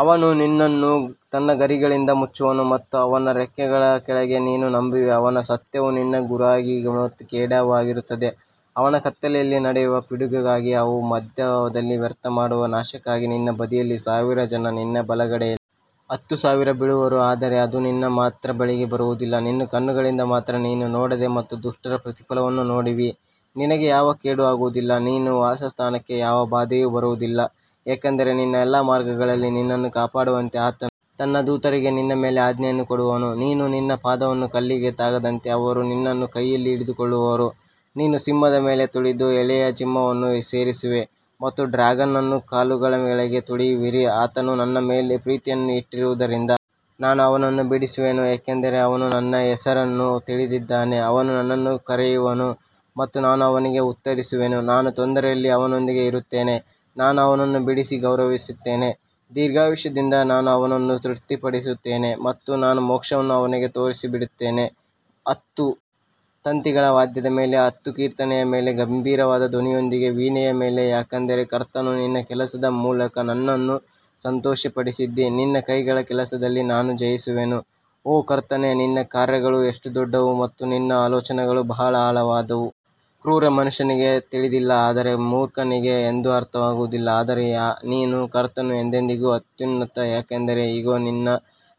ಅವನು ನಿನ್ನನ್ನು ತನ್ನ ಗರಿಗಳಿಂದ ಮುಚ್ಚುವನು ಮತ್ತು ಅವನ ರೆಕ್ಕೆಗಳ ಕೆಳಗೆ ನೀನು ನಂಬುವೆ ಅವನ ಸತ್ಯವು ನಿನ್ನ ಗುರಾಣಿ ಮತ್ತು ಖೇಡ್ಯಾವು ಆಗಿರುತ್ತದೆ ಅಥವಾ ಕತ್ತಲೆಯಲ್ಲಿ ನಡೆಯುವ ಪಿಡುಗಾಗಿ ಅಥವಾ ಮಧ್ಯಾಹ್ನ ವ್ಯರ್ಥ ಮಾಡುವ ನಾಶಕ್ಕಾಗಿ ನಿನ್ನ ಬದಿಯಲ್ಲಿ ಸಾವಿರ ಮತ್ತು ನಿನ್ನ ಬಲಗಡೆಯಲ್ಲಿ ಹತ್ತು ಸಾವಿರ ಬೀಳುವರು ಆದರೆ ಅದು ನಿನ್ನ ಬಳಿಗೆ ಬರುವುದಿಲ್ಲ ನಿನ್ನ ಕಣ್ಣುಗಳಿಂದ ಮಾತ್ರ ನೀನು ನೋಡುವೆ ಮತ್ತು ದುಷ್ಟರ ಪ್ರತಿಫಲವನ್ನು ನೋಡುವಿ ನಿನಗೆ ಯಾವ ಕೇಡೂ ಆಗುವದಿಲ್ಲ, ನಿನ್ನ ವಾಸಸ್ಥಾನಕ್ಕೆ ಯಾವ ಬಾಧೆಯೂ ಬರುವುದಿಲ್ಲ ಯಾಕಂದರೆ ನಿನ್ನ ಎಲ್ಲಾ ಮಾರ್ಗಗಳಲ್ಲಿ ನಿನ್ನನ್ನು ಕಾಪಾಡುವಂತೆ ಆತನು ತನ್ನ ದೂತರಿಗೆ ನಿನ್ನ ಮೇಲೆ ಆಜ್ಞೆಯನ್ನು ಕೊಡುವನು ನೀನು ನಿನ್ನ ಪಾದವನ್ನು ಕಲ್ಲಿಗೆ ತಾಗದಂತೆ ಅವರು ನಿನ್ನನ್ನು ಕೈಯಲ್ಲಿ ಹಿಡಿದುಕೊಳ್ಳುವರು ನೀನು ಸಿಂಹದ ಮೇಲೆ ತುಳಿದು ಎಳೆಯ ಸಿಂಹವನ್ನು ಸೇರಿಸುವೆ ಮತ್ತು ಡ್ರ್ಯಾಗನ್ ಅನ್ನು ಕಾಲುಗಳ ಕೆಳಗೆ ತುಳಿಯುವಿರಿ ಆತನು ನನ್ನ ಮೇಲೆ ಪ್ರೀತಿಯನ್ನು ಇಟ್ಟಿರುವದರಿಂದ ನಾನು ಅವನನ್ನು ಬಿಡಿಸುವೆನು, ಏಕೆಂದರೆ ಅವನು ನನ್ನ ಹೆಸರನ್ನು ತಿಳಿದಿದ್ದಾನೆ ಅವನು ನನ್ನನ್ನು ಕರೆಯುವನು ಮತ್ತು ನಾನು ಅವನಿಗೆ ಉತ್ತರಿಸುವೆನು, ನಾನು ತೊಂದರೆಯಲ್ಲಿ ಅವನೊಂದಿಗೆ ಇರುತ್ತೇನೆ ನಾನು ಅವನನ್ನು ಬಿಡಿಸಿ ಗೌರವಿಸುತ್ತೇನೆ ದೀರ್ಘಾಯುಷ್ಯದಿಂದ ನಾನು ಅವನನ್ನು ತೃಪ್ತಿಪಡಿಸುತ್ತೇನೆ ಮತ್ತು ನನ್ನ ಮೋಕ್ಷವನ್ನು ಅವನಿಗೆ ತೋರಿಸುತ್ತೇನೆ ಹತ್ತು ತಂತಿಗಳ ವಾದ್ಯದ ಮೇಲೆ ಮತ್ತು ಕೀರ್ತನೆಯ ಮೇಲೆ ಗಂಭೀರವಾದ ಧ್ವನಿಯೊಂದಿಗೆ ವೀಣೆಯ ಮೇಲೆ ಯಾಕಂದರೆ ಕರ್ತನು ನಿನ್ನ ಕೆಲಸದ ಮೂಲಕ ನನ್ನನ್ನು ಸಂತೋಷಪಡಿಸಿದ್ದೀ, ನಿನ್ನ ಕೈಗಳ ಕೆಲಸದಲ್ಲಿ ನಾನು ಜಯಿಸುವೆನು ಓ ಕರ್ತನೇ ನಿನ್ನ ಕಾರ್ಯಗಳು ಎಷ್ಟು ದೊಡ್ಡವು ಮತ್ತು ನಿನ್ನ ಆಲೋಚನೆಗಳು ಬಹಳ ಆಳವಾದವು ಕ್ರೂರ ಮನುಷ್ಯನಿಗೆ ತಿಳಿದಿಲ್ಲ ಅಥವಾ ಮೂರ್ಖನಿಗೆ ಇದು ಅರ್ಥವಾಗುವುದಿಲ್ಲ ಆದರೆ ನೀನು ಕರ್ತನು ಎಂದೆಂದಿಗೂ ಅತ್ಯುನ್ನತನು ಯಾಕಂದರೆ ಇಗೋ ನಿನ್ನ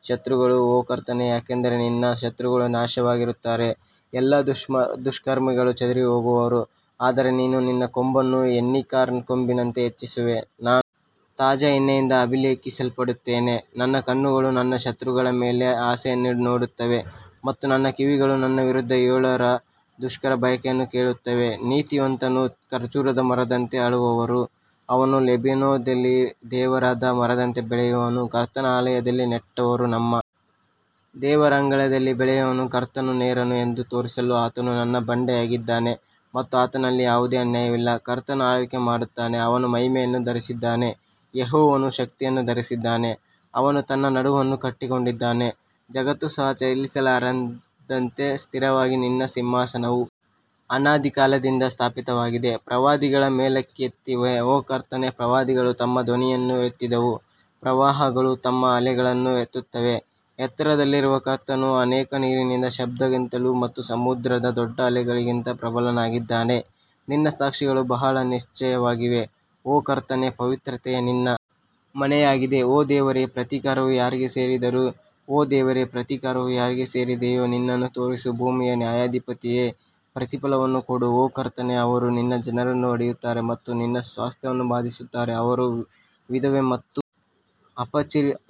ಶತ್ರುಗಳು ಓ ಕರ್ತನೇ ಯಾಕಂದರೆ ನಿನ್ನ ಶತ್ರುಗಳು ನಾಶವಾಗುತ್ತಾರೆ ಎಲ್ಲಾ ದುಷ್ಕರ್ಮಿಗಳು ಚದುರಿಹೋಗುವರು ಆದರೆ ನೀನು ನನ್ನ ಕೊಂಬನ್ನು ಯುನಿಕಾರ್ನ್ನ ಕೊಂಬಿನಂತೆ ಹೆಚ್ಚಿಸುವೆ, ನಾನು ತಾಜಾ ಎಣ್ಣೆಯಿಂದ ಅಭಿಷೇಕಿಸಲ್ಪಡುತ್ತೇನೆ ನನ್ನ ಕಣ್ಣುಗಳು ನನ್ನ ಶತ್ರುಗಳ ಮೇಲೆ ನನ್ನ ಆಸೆಯನ್ನು ನೋಡುತ್ತವೆ ಮತ್ತು ನನ್ನ ಕಿವಿಗಳು ನನ್ನ ವಿರುದ್ಧ ಏಳುವ ದುಷ್ಟರ ಬಯಕೆಯನ್ನು ಕೇಳುತ್ತವೆ ನೀತಿವಂತನು ಖರ್ಜೂರದ ಮರದಂತೆ ಅರಳುವನು, ಅವನು ಲೆಬನೋನಿನಲ್ಲಿ ದೇವದಾರು ಮರದಂತೆ ಬೆಳೆಯುವನು ಕರ್ತನ ಆಲಯದಲ್ಲಿ ನೆಟ್ಟವರು ನಮ್ಮ ದೇವರ ಅಂಗಳದಲ್ಲಿ ಬೆಳೆಯುವರು ಕರ್ತನು ನೇರನು ಎಂದು ತೋರಿಸಲು ಆತನು ನನ್ನ ಬಂಡೆಯಾಗಿದ್ದಾನೆ ಮತ್ತು ಆತನಲ್ಲಿ ಯಾವುದೇ ಅನ್ಯಾಯವಿಲ್ಲ ಕರ್ತನು ಆಳ್ವಿಕೆ ಮಾಡುತ್ತಾನೆ, ಅವನು ಮಹಿಮೆಯನ್ನು ಧರಿಸಿದ್ದಾನೆ, ಯೆಹೋವನು ಶಕ್ತಿಯನ್ನು ಧರಿಸಿದ್ದಾನೆ, ಅವನು ತನ್ನ ನಡುವನ್ನು ಕಟ್ಟಿಕೊಂಡಿದ್ದಾನೆ, ಜಗತ್ತು ಸಹ ಚಲಿಸಲಾರದಂತೆ ಸ್ಥಿರವಾಗಿದೆ ನಿನ್ನ ಸಿಂಹಾಸನವು ಅನಾದಿ ಕಾಲದಿಂದ ಸ್ಥಾಪಿತವಾಗಿದೆ ಪ್ರವಾಹಗಳು ಮೇಲಕ್ಕೆತ್ತಿವೆ ಓ ಕರ್ತನೇ ಪ್ರವಾಹಗಳು ತಮ್ಮ ಧ್ವನಿಯನ್ನು ಎತ್ತಿದವು ಪ್ರವಾಹಗಳು ತಮ್ಮ ಅಲೆಗಳನ್ನು ಎತ್ತುತ್ತವೆ ಎತ್ತರದಲ್ಲಿರುವ ಕರ್ತನು ಅನೇಕ ನೀರಿನ ಶಬ್ದಕ್ಕಿಂತಲೂ ಮತ್ತು ಸಮುದ್ರದ ದೊಡ್ಡ ಅಲೆಗಳಿಗಿಂತ ಪ್ರಬಲನಾಗಿದ್ದಾನೆ ನಿನ್ನ ಸಾಕ್ಷಿಗಳು ಬಹಳ ನಿಶ್ಚಯವಾಗಿವೆ ಓ ಕರ್ತನೇ ಪವಿತ್ರತೆಯು ನಿನ್ನ ಮನೆಯಾಗಿದೆ ಓ ದೇವರೇ, ಪ್ರತೀಕಾರವು ಯಾರಿಗೆ ಸೇರಿದೆಯೋ ಓ ದೇವರೇ, ಪ್ರತೀಕಾರವು ಯಾರಿಗೆ ಸೇರಿದೆಯೋ, ನಿನ್ನನ್ನು ತೋರಿಸು ಭೂಮಿಯ ನ್ಯಾಯಾಧಿಪತಿಯೇ ನಿನ್ನನ್ನು ಮೇಲಕ್ಕೆತ್ತಿ ಅಹಂಕಾರಿಗಳಿಗೆ ಪ್ರತಿಫಲವನ್ನು ಕೊಡು ಓ ಕರ್ತನೇ, ಅವರು ನಿನ್ನ ಜನರನ್ನು ಒಡೆಯುತ್ತಾರೆ ಮತ್ತು ನಿನ್ನ ಸ್ವಾಸ್ತ್ಯವನ್ನು ಬಾಧಿಸುತ್ತಾರೆ ಅವರು ವಿಧವೆ ಮತ್ತು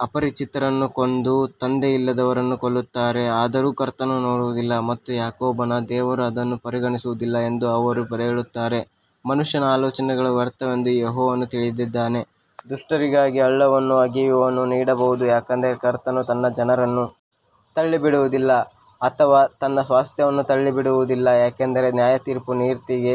ಅಪರಿಚಿತರನ್ನು ಕೊಂದು ತಂದೆಯಿಲ್ಲದವರನ್ನು ಕೊಲ್ಲುತ್ತಾರೆ ಆದರೂ ಕರ್ತನು ನೋಡುವುದಿಲ್ಲ ಮತ್ತು ಯಾಕೋಬನ ದೇವರು ಅದನ್ನು ಪರಿಗಣಿಸುವುದಿಲ್ಲ ಎಂದು ಅವರು ಹೇಳುತ್ತಾರೆ ಮನುಷ್ಯನ ಆಲೋಚನೆಗಳು ವ್ಯರ್ಥವೆಂದು ಯೆಹೋವನು ತಿಳಿದಿದ್ದಾನೆ ದುಷ್ಟರಿಗಾಗಿ ಹಳ್ಳವನ್ನು ಅಗೆಯುವವರೆಗೂ ನೀವು ಅವನಿಗೆ ಕಷ್ಟದ ದಿನಗಳಿಂದ ವಿಶ್ರಾಂತಿ ನೀಡಬಹುದು ಯಾಕಂದರೆ ಕರ್ತನು ತನ್ನ ಜನರನ್ನು ತಳ್ಳಿಬಿಡುವುದಿಲ್ಲ ಅಥವಾ ತನ್ನ ಸ್ವಾಸ್ತ್ಯವನ್ನು ಬಿಟ್ಟುಬಿಡುವುದಿಲ್ಲ ಆದರೆ ನ್ಯಾಯತೀರ್ಪು ನೀತಿಗೆ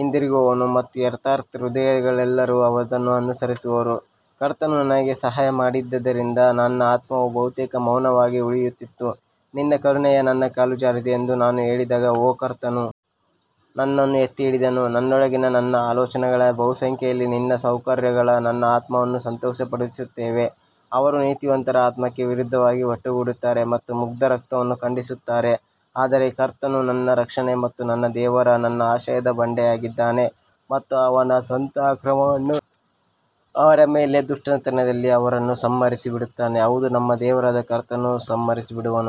ಹಿಂದಿರುಗುವದು ಮತ್ತು ಯಥಾರ್ಥ ಹೃದಯದವರೆಲ್ಲರೂ ಅದನ್ನು ಅನುಸರಿಸುವರು ಕರ್ತನು ನನಗೆ ಸಹಾಯ ಮಾಡದಿದ್ದರೆ ನನ್ನ ಆತ್ಮವು ಬಹುತೇಕ ಮೌನವಾಗಿ ವಾಸಿಸುತ್ತಿತ್ತು ನಿನ್ನ ಕರುಣೆಯು ನನ್ನ ಕಾಲು ಜಾರಿದೆ ಎಂದು ನಾನು ಹೇಳಿದಾಗ ಓ ಕರ್ತನು ನನ್ನನ್ನು ಎತ್ತಿ ಹಿಡಿದನು ನನ್ನೊಳಗಿನ ನನ್ನ ಆಲೋಚನೆಗಳ ಬಹುಸಂಖ್ಯೆಯಲ್ಲಿ ನಿನ್ನ ಸೌಕರ್ಯಗಳು ನನ್ನ ಆತ್ಮವನ್ನು ಸಂತೋಷಪಡಿಸುತ್ತವೆ ಅವರು ನೀತಿವಂತರ ಆತ್ಮಕ್ಕೆ ವಿರುದ್ಧವಾಗಿ ಒಟ್ಟುಗೂಡುತ್ತಾರೆ ಮತ್ತು ಮುಗ್ಧ ರಕ್ತವನ್ನು ಖಂಡಿಸುತ್ತಾರೆ ಆದರೆ ಕರ್ತನು ನನ್ನ ರಕ್ಷಣೆ ಮತ್ತು ನನ್ನ ದೇವರು ನನ್ನ ಆಶ್ರಯದ ಬಂಡೆಯಾಗಿದ್ದಾನೆ ಮತ್ತು ಆತನು ಅವರ ಸ್ವಂತ ಅಕ್ರಮವನ್ನು ಅವರ ಮೇಲೆ ಬರಮಾಡುವನು ಮತ್ತು ಅವರ ಸ್ವಂತ ದುಷ್ಟತನದಲ್ಲಿ ಅವರನ್ನು ಸಂಹರಿಸಿಬಿಡುವನು, ಹೌದು ನಮ್ಮ ದೇವರಾದ ಕರ್ತನು ಅವರನ್ನು ಸಂಹರಿಸಿಬಿಡುವನು.